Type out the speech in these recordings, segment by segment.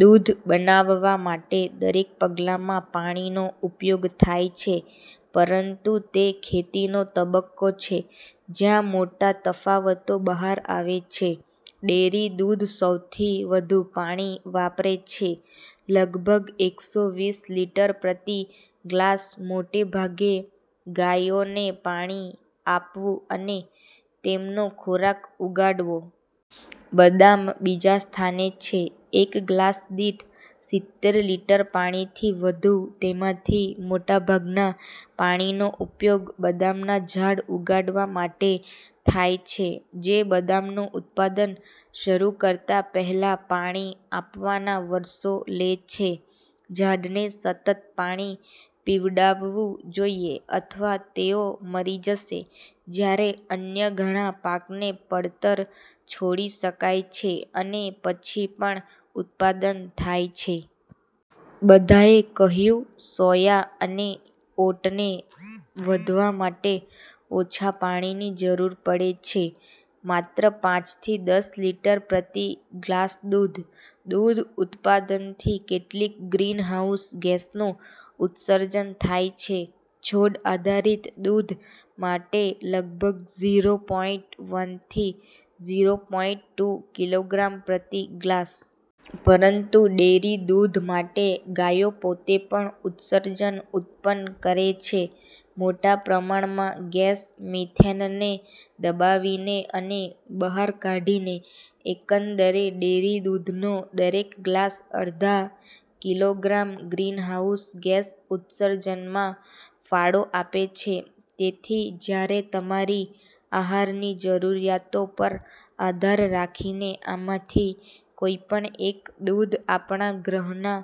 દૂધ બનાવવા માટે દરેક પગલામાં પાણીનો ઉપયોગ થાય છે, પરંતુ તે ખેતીનો તબક્કો છે જ્યાં મોટા તફાવતો બહાર આવે છે. ડેરી દૂધ સૌથી વધુ પાણી વાપરે છે- લગભગ એકસો વીસ લિટર પ્રતિ ગ્લાસ, મોટે ભાગે ગાયોને પાણી આપવું અને તેમનો ખોરાક ઉગાડવો. બદામ બીજા સ્થાને છે, એક ગ્લાસ દીઠ સિત્તેર લિટર પાણીથી વધુ. તેમાંથી મોટાભાગના પાણીનો ઉપયોગ બદામના ઝાડ ઉગાડવા માટે થાય છે. જે બદામનું ઉત્પાદન શરૂ કરતા પહેલા પાણી આપવાના વર્ષો લે છે. ઝાડને સતત પાણી પીવડાવવું જોઈએ, અથવા તેઓ મરી જશે, જ્યારે અન્ય ઘણા પાકને પડતર છોડી શકાય છે અને પછી પણ ઉત્પાદન થાય છે. બધાએ કહ્યું, સોયા અને ઓટને વધવા માટે ઓછા પાણીની જરૂર પડે છે: માત્ર પાંચ થી દસ લિટર પ્રતિ ગ્લાસ દૂધ. દૂધ ઉત્પાદનથી કેટલાક ગ્રીનહાઉસ ગેસનું ઉત્સર્જન થાય છે- છોડ આધારિત દૂધ માટે લગભગ ઝીરો પોઈન્ટ વન થી ઝીરો પોઈન્ટ ટુ કિલોગ્રામ પ્રતિ ગ્લાસ. પરંતુ ડેરી દૂધ માટે, ગાયો પોતે પણ ઉત્સર્જન ઉત્પન્ન કરે છે મોટા પ્રમાણમાં ગેસ મિથેનને દબાવીને અને બહાર કાઢીને. એકંદરે, ડેરી દૂધનો દરેક ગ્લાસ અડધા કિલોગ્રામ ગ્રીનહાઉસ ગેસ ઉત્સર્જનમાં ફાળો આપે છે. તેથી જ્યારે તમારી આહારની જરૂરિયાતો પર આધાર રાખીને, આમાંથી કોઈપણ એક દૂધ આપણા ગ્રહના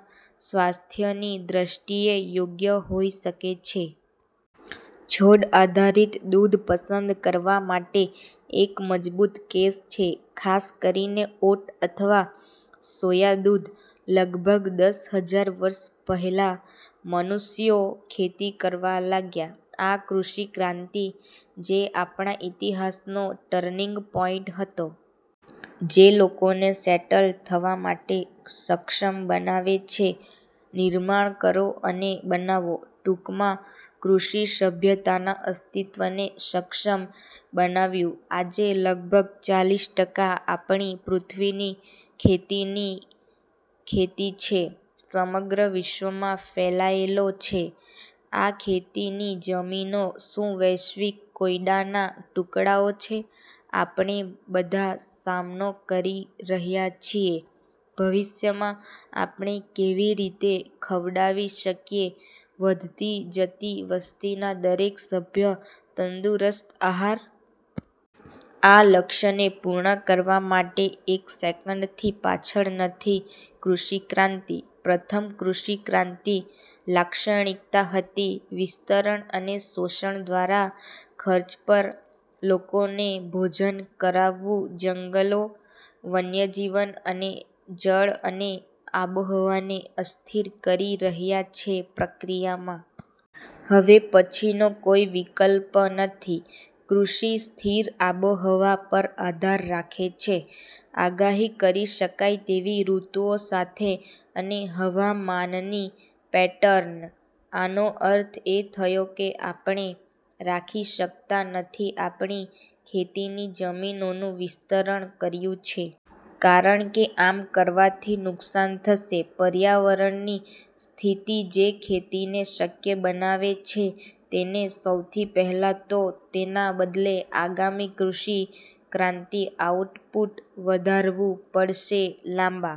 સ્વાસ્થ્યની દ્રષ્ટિએ યોગ્ય હોઈ શકે છે. છોડ આધારિત દૂધ પસંદ કરવા માટે એક મજબૂત કેસ છે, ખાસ કરીને ઓટ અથવા સોયા દૂધ. લગભગ દસ હજાર વર્ષ પહેલાં, મનુષ્યો ખેતી કરવા લાગ્યા. આ કૃષિ ક્રાંતિ જે આપણા ઇતિહાસનો ટર્નિંગ પોઇન્ટ હતો. જે લોકોને સેટલ થવા માટે સક્ષમ બનાવે છે, નિર્માણ કરો અને બનાવો. ટૂંકમાં, કૃષિ સભ્યતાના અસ્તિત્વને સક્ષમ બનાવ્યું. આજે, લગભગ ચાલીસ ટકા આપણી પૃથ્વીની ખેતીની ખેતી છે. સમગ્ર વિશ્વમાં ફેલાયેલો છે. આ ખેતીની જમીનો શું વૈશ્વિક કોયડાના ટુકડાઓ છે આપણે બધા સામનો કરી રહ્યા છીએ: ભવિષ્યમાં, આપણે કેવી રીતે ખવડાવી શકીએ વધતી જતી વસ્તીના દરેક સભ્ય તંદુરસ્ત આહાર? આ લક્ષ્યને પૂર્ણ કરવા માટે એક સેકન્ડથી પાછળ નથી કૃષિ ક્રાંતિ. પ્રથમ કૃષિ ક્રાંતિ લાક્ષણિકતા હતી વિસ્તરણ અને શોષણ દ્વારા, ખર્ચ પર લોકોને ભોજન કરાવવું જંગલો, વન્યજીવન અને જળ અને આબોહવાને અસ્થિર કરી રહ્યા છે પ્રક્રિયામાં. હવે પછીનો કોઈ વિકલ્પ નથી. કૃષિ સ્થિર આબોહવા પર આધાર રાખે છે. આગાહી કરી શકાય તેવી ઋતુઓ સાથે અને હવામાનની પેટર્ન. આનો અર્થ એ થયો કે આપણે રાખી શકતા નથી આપણી ખેતીની જમીનોનું વિસ્તરણ કર્યું છે. કારણ કે આમ કરવાથી નુકસાન થશે પર્યાવરણની સ્થિતિ જે ખેતીને શક્ય બનાવે છે તેને, સૌથી પહેલાં તો. તેના બદલે, આગામી કૃષિ ક્રાંતિ આઉટપુટ વધારવું પડશે લાંબા